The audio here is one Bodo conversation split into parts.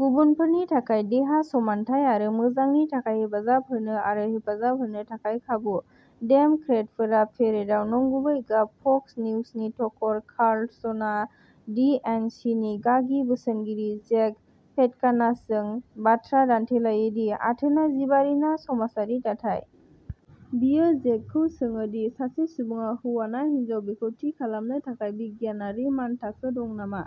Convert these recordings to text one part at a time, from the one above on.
गुबुनफोरनि थाखाय देहा, समानथाय आरो मोजांनि थाखाय हेफाजाब होनो आरो हेफाजाब होनो थाखाय खाबु। डेम'क्रेटफोरा पेरेडआव नंगुबै गाब फक्स निउजनि टकर कार्लसनआ दि एन सि नि गागि बोसोनगिरि जेक पेटकानासजों बाथ्रा दान्थेलायो दि आथोनआ जिबारि ना समाजारि दाथाय। बियो जेकखौ सोङो दि सासे सुबुङा हौवा ना हिनजाव बेखौ थि खालामनो थाखाय बिगियानारि मानथाखो दं नामा।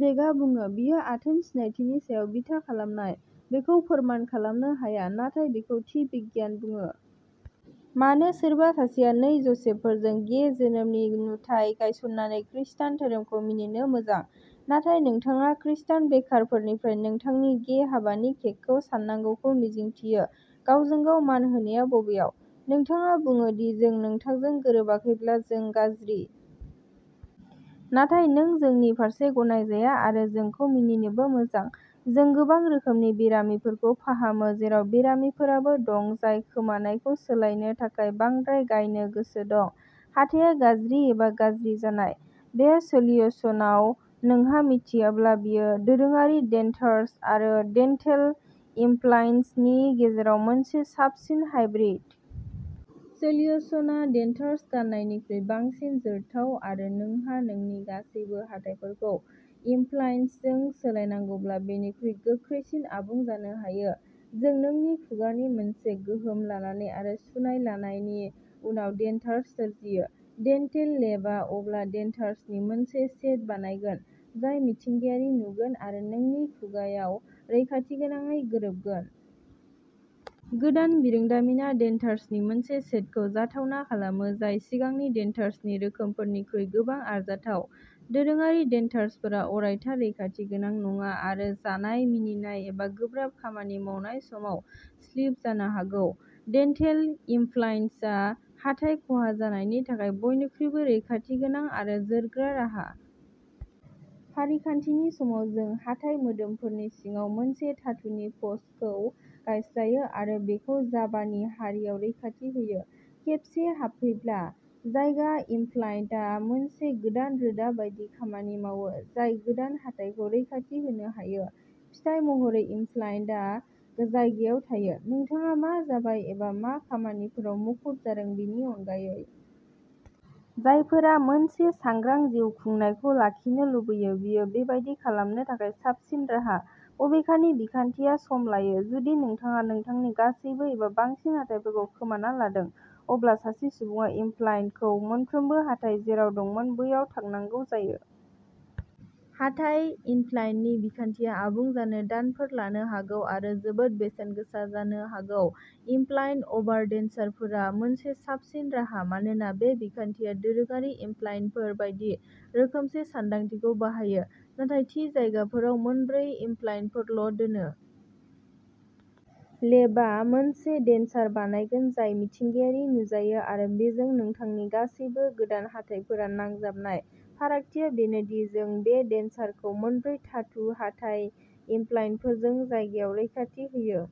जेकआ बुङो, बेयो आथोन सिनायथिनि सायाव बिथा खालामनाय, बेखौ फोरमान खालामनो हाया, नाथाय बेखौ थि बिगियान बुङो। मानो सोरबा सासेया नै ज'सेफफोरजों गे जोनोमनि नुथाय गायस'ननानै खृस्टान धोरोमखौ मिनिनो मोजां, नाथाय नोंथाङा खृस्टान बेकारफोरनिफ्राय नोंथांनि गे हाबानि केकखौ सान्नांगौखौ मिजिंथियो गावजों-गाव मान होनाया बबेयाव? नोंथाङा बुङो दि जों नोंथांजों गोरोबाखैब्ला जों गाज्रि। नाथाय नों जोंनि फारसे गनायजाया, आरो जोंखौ मिनिनोबो मोजां। जों गोबां रोखोमनि बेरामिफोरखौ फाहामो, जेराव बेरामिफोराबो दं जाय खोमानायखौ सोलायनो थाखाय बांद्राय गायनो गोसो दं। हाथाया गाज्रि एबा गाज्रि जानाय। बे सोल्युशनाव नोंहा मिथियाब्ला, बेयो दोरोङारि डेन्टार्स आरो डेन्टेल इमप्लान्ट्सनि गेजेराव मोनसे साबसिन हाइब्रिद। सोल्युशना डेन्टार्स गान्नायनिख्रुइ बांसिन जोरथाव आरो नोंहा नोंनि गासैबो हाथाइफोरखौ इमप्लान्ट्सजों सोलायनांगौब्ला बेनिख्रुइ गोख्रैसिन आबुं जानो हायो। जों नोंनि खुगानि मोनसे गोहोम लानानै आरो सुनाय लानायनि उनाव डेन्टार्स सोरजियो। डेन्टेल लेबआ अब्ला डेन्टार्सनि मोनसे सेट बानायगोन जाय मिथिंगायारि नुगोन आरो नोंनि खुगाआव रैखाथिगोनाङै गोरोबगोन। गोदान बिरोंदामिनआ डेन्टार्सनि मोनसे सेटखौ जाथावना खालामो जाय सिगांनि डेन्टार्सनि रोखोमफोरनिख्रुइ गोबां आरजाथाव। दोरोङारि डेन्टार्सफोरा अरायथा रैखाथि गोनां नङा आरो जानाय, मिनिनाय एबा गोब्राब खामानि मावनाय समाव स्लिप जानो हागौ। डेन्टेल इमप्लान्ट्सआ हाथाइ खहा जानायनि थाखाय बयनिख्रुइबो रैखाथिगोनां आरो जोरग्रा राहा। फारिखान्थिनि समाव, जों हाथाइ मोदोमफोरनि सिङाव मोनसे धातुनि पस्टखौ गायस्लायो आरो बेखौ जाबानि हारियाव रैखाथि होयो। खेबसे हाबफैब्ला। जायगा, इमप्लाइन्टआ मोनसे गोदान रोदा बायदि खामानि मावो जाय गोदान हाथाइखौ रैखाथि होनो हायो। फिथाय महरै, इमप्लाइन्टआ जायगायाव थायो, नोंथाङा मा जाबाय एबा मा खामानिफोराव मुखुब जादों बेनि अनगायै। जायफोरा मोनसे सांग्रां जिउ खुंनायखौ लाखिनो लुबैयो, बेयो बेबादि खालामनो थाखाय साबसिन राहा। बबेखानि, बिखान्थिया सम लायो। जुदि नोंथाङा नोंथांनि गासैबो एबा बांसिन हाथाइफोरखौ खोमाना लादों, अब्ला सासे सुबुङा इमप्लाइन्टखौ मोनफ्रोमबो हाथाइ जेराव दंमोन बैयाव थांनांगौ जायो। हाथाइ इमप्लाइन्टनि बिखान्थिया आबुं जानो दानफोर लानो हागौ आरो जोबोद बेसेन गोसा जानो हागौ। इमप्लाइन्ट अभारडेन्चारफोरा मोनसे साबसिन राहा मानोना बे बिखान्थिया दोरोङारि इमप्लाइन्टफोर बायदि रोखोमसे सानदांथिखौ बाहायो, नाथाय थि जायगाफोराव मोनब्रै इमप्लाइन्टफोरल' दोनो। लेबआ मोनसे डेन्चार बानायगोन जाय मिथिंगायारि नुजायो आरो बेजों नोंथांनि गासैबो गोदान हाथाइफोरा नांजाबनाय। फारागथिया बेनो दि जों बे डेन्चारखौ मोनब्रै धातु, हाथाइ इमप्लाइन्टफोरजों जायगायाव रैखाथि होयो।